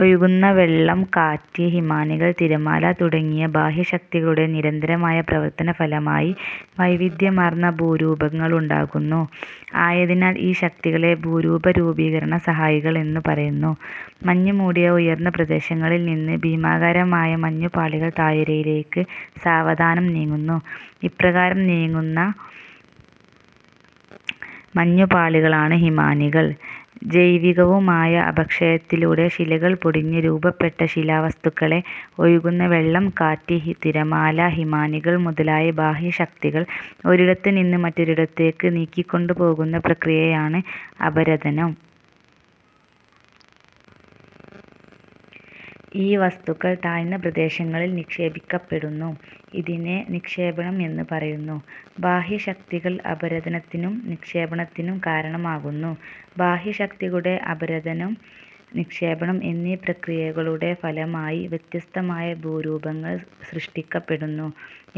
ഒഴുകുന്ന വെള്ളം, കാറ്റ്, ഹിമാനികൾ, തിരമാല തുടങ്ങിയ ബാഹ്യശക്തികളുടെ നിരന്തരമായ പ്രവർത്തനഫലമായി വൈവിധ്യമാർന്ന ഭൂരൂപങ്ങളുണ്ടാകുന്നു. ആയതിനാൽ ഈ ശക്തികളെ ഭൂരൂപരൂപീക രണസഹായികൾ എന്നു പറയുന്നു. മഞ്ഞുമൂടിയ ഉയർന്ന പ്രദേശങ്ങളിൽനിന്ന് ഭീമാകാരമായ മഞ്ഞുപാളികൾ താഴ്വരയിലേക്ക് സാവധാനം നീങ്ങുന്നു. ഇപ്രകാരം നീങ്ങുന്ന മഞ്ഞു പാളികളാണ് ഹിമാനികൾ. ജൈവികവുമായ അപക്ഷയത്തിലൂടെ ശിലകൾ പൊടിഞ്ഞ് രൂപപ്പെട്ട ശിലാവസ്തുക്കളെ ഒഴുകുന്ന വെള്ളം, കാറ്റ്, തിരമാല, ഹിമാനികൾ മുതലായ ബാഹ്യശക്തികൾ ഒരിടത്തുനിന്ന് മറ്റൊരിടത്തേക്കു നീക്കിക്കൊണ്ടു പോകുന്ന പ്രക്രിയയാണ് അപരദനം. ഈ വസ്തുക്കൾ താഴ്ന്ന പ്രദേശങ്ങളിൽ നിക്ഷേപിക്കപ്പെടുന്നു. ഇതിനെ നിക്ഷേപണം എന്ന് പറയുന്നു. ബാഹ്യശക്തികൾ അപരദനത്തിനും നിക്ഷേപണത്തിനും കാരണമാകുന്നു. ബാഹ്യശക്തികളുടെ അപരദനം, നിക്ഷേപണം എന്നീ പ്രക്രിയകളുടെ ഫലമായി വ്യത്യസ്തമായ ഭൂരൂപങ്ങൾ സൃഷ്ടിക്കപ്പെടുന്നു.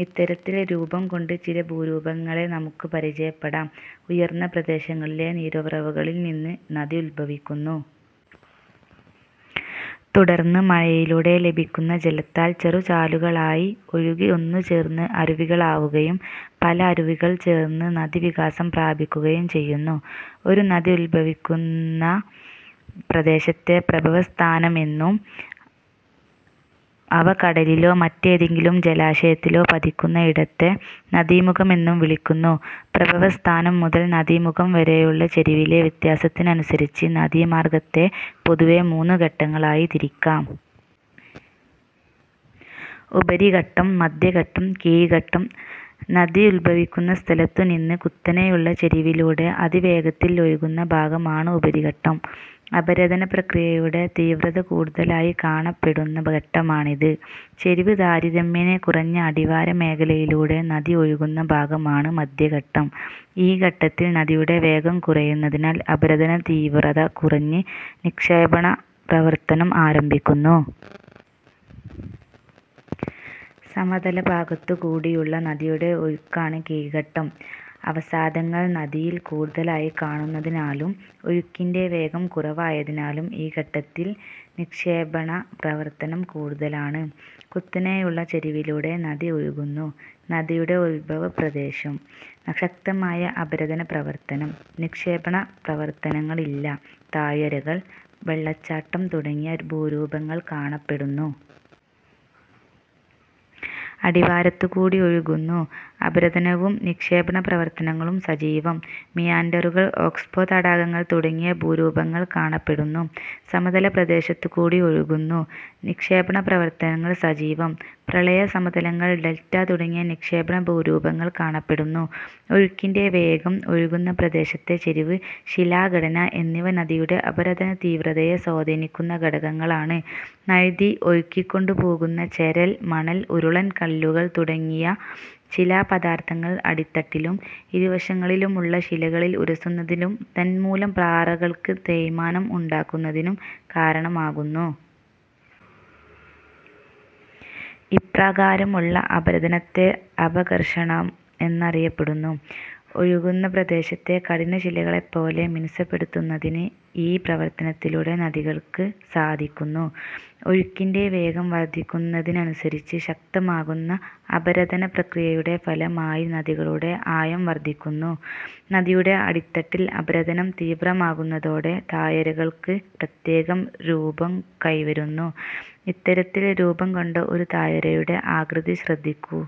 ഇത്തരത്തിൽ രൂപം കൊണ്ട് ചില ഭൂരൂപങ്ങളെ നമുക്ക് പരിചയപ്പെടാം. ഉയർന്ന പ്രദേശങ്ങളിലെ നീരുറവകളിൽനിന്ന് നദി ഉദ്ഭവിക്കുന്നു. തുടർന്ന് മഴയിലൂടെ ലഭിക്കുന്ന ജലത്താൽ ചെറുചാലുകളായി ഒഴുകി ഒന്നുചേർന്ന് അരുവികളാവുകയും പല അരുവികൾ ചേർന്ന് നദി വികാസം പ്രാപിക്കുകയും ചെയ്യുന്നു. ഒരു നദി ഉദ്ഭവിക്കുന്ന പ്രദേശത്തെ പ്രഭവസ്ഥാനമെന്നും അവ കടലിലോ മറ്റേതെങ്കിലും ജലാശയത്തിലോ പതിക്കുന്ന ഇടത്തെ നദീമുഖമെന്നും വിളിക്കുന്നു. പ്രഭവസ്ഥാനം മുതൽ നദീമുഖം വരെയുള്ള ചരിവിലെ വ്യത്യാസത്തിനനുസരിച്ച് നദീമാർഗത്തെ പൊതുവെ മൂന്നു ഘട്ടങ്ങളായി തിരിക്കാം. ഉപരിഘട്ടം. മധ്യഘട്ടം, കീഴ്ഘട്ടം. നദി ഉദ്ഭവിക്കുന്ന സ്ഥലത്തുനിന്ന് കുത്തനെയുള്ള ചരിവിലൂടെ അതിവേഗത്തിൽ ഒഴുകുന്ന ഭാഗമാണ് ഉപരിഘട്ടം. അപരദന പ്രക്രിയയുടെ തീവ്രത കൂടുതലായി കാണപ്പെടുന്ന ഘട്ടമാണിത്. ചരിവ് താരതമ്യേന കുറഞ്ഞ അടിവാര മേഖലയിലൂടെ നദി ഒഴുകുന്ന ഭാഗമാണ് മധ്യഘട്ടം. ഈ ഘട്ടത്തിൽ നദിയുടെ വേഗം കുറയുന്നതിനാൽ അപരദനതീവ്രത കുറഞ്ഞ് നിക്ഷേപണപ്രവർത്തനം ആരംഭിക്കുന്നു. സമതലഭാഗത്തു കൂടിയുള്ള നദിയുടെ ഒഴുക്കാണ് കീഴ്ഘട്ടം. അവസാദങ്ങൾ നദിയിൽ കൂടുതലായി കാണുന്നതിനാലും ഒഴുക്കിന്റെ വേഗം കുറവായതിനാലും ഈ ഘട്ടത്തിൽ നിക്ഷേപണ പ്രവർത്തനം കൂടുതലാണ്. കുത്തനെയുള്ള ചരിവിലൂടെ നദി ഒഴുകുന്നു. നദിയുടെ ഉദ്ഭവ പ്രദേശം. ശക്തമായ അപരദന പ്രവർത്തനം. നിക്ഷേപണപ്രവർത്തനങ്ങൾ ഇല്ല. താഴ്വരകൾ, വെള്ളച്ചാട്ടം തുടങ്ങിയ ഭൂരൂപങ്ങൾ കാണപ്പെടുന്നു. അടിവാരത്തുകൂടി ഒഴുകുന്നു. അപരദനവും നിക്ഷേപണപ്രവർത്തനങ്ങളും സജീവം. മിയാൻഡറുകൾ, ഓക്സ്ബോ തടാകങ്ങൾ തുടങ്ങിയ ഭൂരൂപങ്ങൾ കാണപ്പെടുന്നു. സമതലപ്രദേശത്തുകൂടി ഒഴുകുന്നു. നിക്ഷേപണപ്രവർത്തനങ്ങൾ സജീവം. പ്രളയ സമതലങ്ങൾ, ഡൽറ്റ തുടങ്ങിയ നിക്ഷേപണഭൂരൂപങ്ങൾ കാണപ്പെടുന്നു. ഒഴുക്കിന്റെ വേഗം, ഒഴുകുന്ന പ്രദേശത്തെ ചരിവ്, ശിലാഘടന എന്നിവ നദിയുടെ അപരദനതീവ്രതയെ സ്വാധീനിക്കുന്ന ഘടകങ്ങളാണ്. നദി ഒഴുക്കിക്കൊണ്ടുപോകുന്ന ചരൽ, മണൽ, ഉരുളൻകല്ലുകൾ തുടങ്ങിയ ശിലാപദാർഥങ്ങൾ അടിത്തട്ടിലും ഇരുവശങ്ങളിലുമുള്ള ശിലകളിൽ ഉരസുന്നതിനും തന്മൂലം പാറകൾക്ക് തേയ്മാനം ഉണ്ടാകുന്നതിനും കാരണമാകുന്നു. ഇപ്രകാരമുള്ള അപരദനത്തെ അപഘർഷണം എന്നറിയപ്പെടുന്നു. ഒഴുകുന്ന പ്രദേശത്തെ കഠിനശിലകളെപ്പോലും മിനുസപ്പെടുത്തുന്നതിന് ഈ പ്രവർത്തനത്തിലൂടെ നദികൾക്ക് സാധിക്കുന്നു. ഒഴുക്കിന്റെ വേഗം വർധിക്കുന്നതിനനുസരിച്ച് ശക്തമാകുന്ന അപരദനപ്രക്രിയയുടെ ഫലമായി നദികളുടെ ആഴം വർധിക്കുന്നു. നദിയുടെ അടിത്തട്ടിൽ അപരദനം തീവ്രമാകുന്നതോടെ താഴ്വരകൾക്ക് പ്രത്യേക രൂപം കൈവരുന്നു. ഇത്തരത്തിൽ രൂപംകൊണ്ട ഒരു താഴ്വരയുടെ ആകൃതി ശ്രദ്ധിക്കൂ.